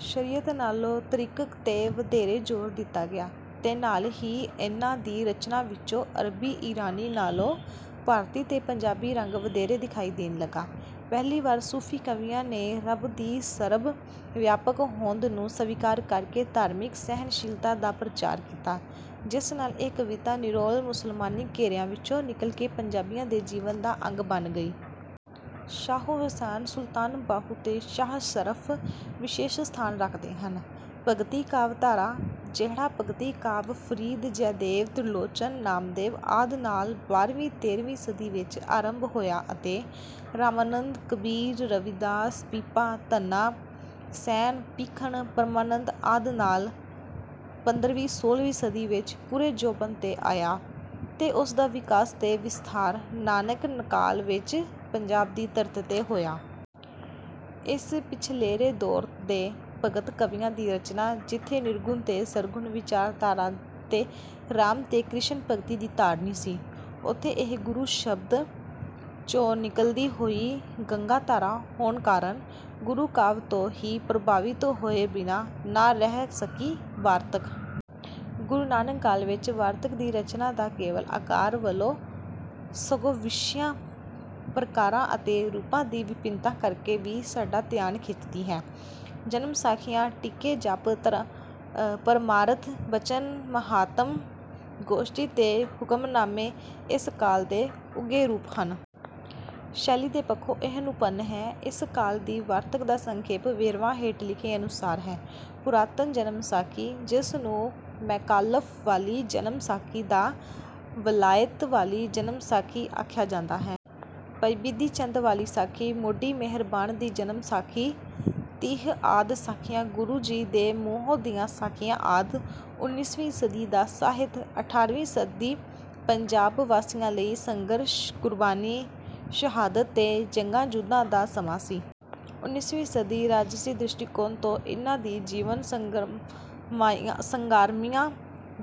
ਸ਼ਰੀਅਤ ਨਾਲੋਂ ਤਰੀਕਤ 'ਤੇ ਵਧੇਰੇ ਜ਼ੋਰ ਦਿੱਤਾ ਗਿਆ ਤੇ ਨਾਲ ਹੀ ਇਨ੍ਹਾਂ ਦੀ ਰਚਨਾ ਵਿੱਚੋਂ ਅਰਬੀ-ਈਰਾਨੀ ਨਾਲੋਂ ਭਾਰਤੀ ਤੇ ਪੰਜਾਬੀ ਰੰਗ ਵਧੇਰੇ ਦਿਖਾਈ ਦੇਣ ਲੱਗਾ। ਪਹਿਲੀ ਵਾਰ ਸੂਫ਼ੀ ਕਵੀਆਂ ਨੇ ਰੱਬ ਦੀ ਸਰਬ-ਵਿਆਪਕ ਹੋਂਦ ਨੂੰ ਸਵੀਕਾਰ ਕਰਕੇ ਧਾਰਮਿਕ ਸਹਿਣ-ਸ਼ੀਲਤਾ ਦਾ ਪ੍ਰਚਾਰ ਕੀਤਾ, ਜਿਸ ਨਾਲ ਇਹ ਕਵਿਤਾ ਨਿਰੋਲ ਮੁਸਲਮਾਨੀ ਘੇਰਿਆਂ ਵਿੱਚੋਂ ਨਿਕਲ ਕੇ ਪੰਜਾਬੀਆਂ ਦੇ ਜੀਵਨ ਦਾ ਅੰਗ ਬਣ ਗਈ। ਸ਼ਾਹ ਹੁਸੈਨ, ਸੁਲਤਾਨ ਬਾਹੂ ਤੇ ਸ਼ਾਹ ਸ਼ਰਫ਼ ਵਿਸ਼ੇਸ਼ ਸਥਾਨ ਰੱਖਦੇ ਹਨ। ਭਗਤੀ ਕਾਵਿ ਧਾਰਾ: ਜਿਹੜਾ ਭਗਤੀ ਕਾਵਿ ਫਰੀਦ, ਜੈਦੇਵ, ਤ੍ਰਿਲੋਚਨ, ਨਾਮਦੇਵ ਆਦਿ ਨਾਲ ਬਾਰ੍ਹਵੀਂ-ਤੇਰ੍ਹਵੀਂ ਸਦੀ ਵਿੱਚ ਆਰੰਭ ਹੋਇਆ ਅਤੇ ਰਾਮਾਨੰਦ, ਕਬੀਰ, ਰਵਿਦਾਸ, ਪੀਪਾ, ਧੰਨਾ, ਸੈਣ, ਭੀਖਨ, ਪਰਮਾਨੰਦ ਆਦਿ ਨਾਲ ਪੰਦਰਵੀਂ-ਸੋਲ੍ਹਵੀਂ ਸਦੀ ਵਿੱਚ ਪੂਰੇ ਜੋਬਨ 'ਤੇ ਆਇਆ, ਤੇ ਉਸ ਦਾ ਵਿਕਾਸ ਤੇ ਵਿਸਥਾਰ ਨਾਨਕ ਕਾਲ ਵਿੱਚ ਪੰਜਾਬ ਦੀ ਧਰਤ 'ਤੇ ਹੋਇਆ। ਇਸ ਪਿਛਲੇਰੇ ਦੌਰ ਦੇ ਭਗਤ ਕਵੀਆਂ ਦੀ ਰਚਨਾ ਜਿੱਥੇ ਨਿਰਗੁਣ ਤੇ ਸਰਗੁਣ ਵਿਚਾਰਧਾਰਾ ਤੇ ਰਾਮ ਤੇ ਕ੍ਰਿਸ਼ਨ ਭਗਤੀ ਦੀ ਧਾਰਨੀ ਸੀ, ਉੱਥੇ ਇਹ ਗੁਰੂ ਸ਼ਬਦ ਚੋਂ ਨਿਕਲਦੀ ਹੋਈ ਗੰਗਾਧਾਰਾ ਹੋਣ ਕਾਰਨ, ਗੁਰੂ ਕਾਵਿ ਤੋਂ ਵੀ ਪ੍ਰਭਾਵਿਤ ਹੋਏ ਬਿਨਾਂ ਨਾ ਰਹਿ ਸਕੀ। ਵਾਰਤਕ: ਗੁਰੂ ਨਾਨਕ ਕਾਲ ਵਿੱਚ ਵਾਰਤਕ ਦੀ ਰਚਨਾ ਨਾ ਕੇਵਲ ਆਕਾਰ ਵੱਲੋਂ ਸਗੋਂ ਵਿਸ਼ਿਆਂ, ਪ੍ਰਕਾਰਾਂ ਅਤੇ ਰੂਪਾਂ ਦੀ ਵਿਭਿੰਨਤਾ ਕਰਕੇ ਵੀ ਸਾਡਾ ਧਿਆਨ ਖਿੱਚਦੀ ਹੈ। ਜਨਮ ਸਾਖੀਆਂ, ਟੀਕੇ, ਜਪੁ, ਪਰਮਾਰਥ, ਬਚਨ, ਮਹਾਤਮ, ਗੋਸ਼ਟੀ ਤੇ ਹੁਕਮਨਾਮੇ ਇਸ ਕਾਲ ਦੇ ਉੱਘੇ ਰੂਪ ਹਨ। ਸ਼ੈਲੀ ਦੇ ਪੱਖੋਂ ਇਹ ਨਿਪੁੰਨ ਹੈ। ਇਸ ਕਾਲ ਦੀ ਵਾਰਤਕ ਦਾ ਸੰਖੇਪ ਵੇਰਵਾ ਹੇਠ ਲਿਖੇ ਅਨੁਸਾਰ ਹੈ: ਪੁਰਾਤਨ ਜਨਮ ਸਾਖੀ, ਜਿਸ ਨੂੰ ਮੈਕਾਲਫ਼ ਵਾਲੀ ਜਨਮ ਸਾਖੀ ਜਾਂ ਵਲਾਇਤ ਵਾਲੀ ਜਨਮ ਸਾਖੀ ਆਖਿਆ ਜਾਂਦਾ ਹੈ। ਭਾਈ ਬਿਧੀ ਚੰਦ ਵਾਲੀ ਸਾਖੀ। ਸੋਢੀ ਮਿਹਰਬਾਨ ਦੀ ਜਨਮ ਸਾਖੀ। ਤੀਹ ਆਦਿ ਸਾਖੀਆਂ। ਗੁਰੂ ਜੀ ਦੇ ਮੂੰਹੋਂ ਦੀਆਂ ਸਾਖੀਆਂ ਆਦਿ। ਉਨੀਵੀਂ ਸਦੀ ਦਾ ਸਾਹਿਤ: ਅਠਾਰ੍ਹਵੀਂ ਸਦੀ ਪੰਜਾਬ ਵਾਸੀਆਂ ਲਈ ਸੰਘਰਸ਼, ਕੁਰਬਾਨੀ, ਸ਼ਹਾਦਤ ਤੇ ਜੰਗਾਂ-ਯੁੱਧਾਂ ਦਾ ਸਮਾਂ ਸੀ। ਉਨੀਵੀਂ ਸਦੀ ਰਾਜਸੀ ਦ੍ਰਿਸ਼ਟੀਕੋਣ ਤੋਂ ਇਨ੍ਹਾਂ ਹੀ ਜੀਵਨ-ਸੰਗ੍ਰਾਮੀਆਂ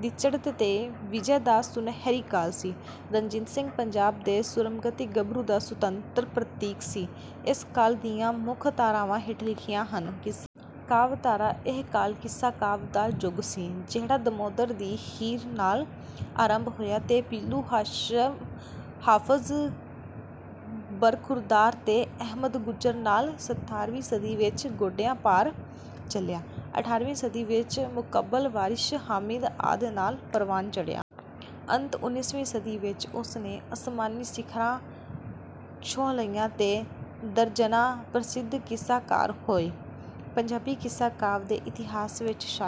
ਦੀ ਚੜ੍ਹਤ ਤੇ ਵਿਜੈ ਦਾ ਸੁਨਹਿਰੀ ਕਾਲ ਸੀ। ਰਣਜੀਤ ਸਿੰਘ ਪੰਜਾਬ ਦੇ ਸੂਰਮਗਤੀ ਗੱਭਰੂ ਦਾ ਸਤੁੰਤਰ ਪ੍ਰਤੀਕ ਸੀ। ਇਸ ਕਾਲ ਦੀਆਂ ਮੁੱਖ ਧਾਰਾਵਾਂ ਹੇਠ ਲਿਖੀਆਂ ਹਨ। ਕਿੱਸਾ ਕਾਵਿ ਧਾਰਾ: ਇਹ ਕਾਲ ਕਿੱਸਾ ਕਾਲ ਦਾ ਯੁੱਗ ਸੀ। ਜਿਹੜਾ ਦਮੋਦਰ ਦੀ ਹੀਰ ਨਾਲ ਆਰੰਭ ਹੋਇਆ ਤੇ ਪੀਲੂ, ਹਾਫ਼ਜ਼ ਬਰਖ਼ੁਰਦਾਰ ਤੇ ਅਹਿਮਦ ਗੁੱਜਰ ਨਾਲ ਸਤਾਰ੍ਹਵੀਂ ਸਦੀ ਵਿੱਚ ਗੋਡਿਆਂ-ਭਾਰ ਚੱਲਿਆ। ਅਠਾਰ੍ਹਵੀਂ ਸਦੀ ਵਿੱਚ ਮੁਕਬਲ, ਵਾਰਿਸ, ਹਾਮਿਦ ਆਦਿ ਨਾਲ ਪਰਵਾਨ ਚੜ੍ਹਿਆ। ਅੰਤ ਉਨੀਵੀਂ ਸਦੀ ਵਿੱਚ ਉਸ ਨੇ ਅਸਮਾਨੀ ਸਿਖਰਾਂ ਛੁਹ ਲਈਆਂ ਤੇ ਦਰਜਨਾਂ ਪ੍ਰਸਿੱਧ ਕਿੱਸਾ-ਕਾਰ ਹੋਏ। ਪੰਜਾਬੀ ਕਿੱਸਾ ਕਾਵਿ ਦੇ ਇਤਿਹਾਸ ਵਿੱਚ ਸ਼ਾਇਦ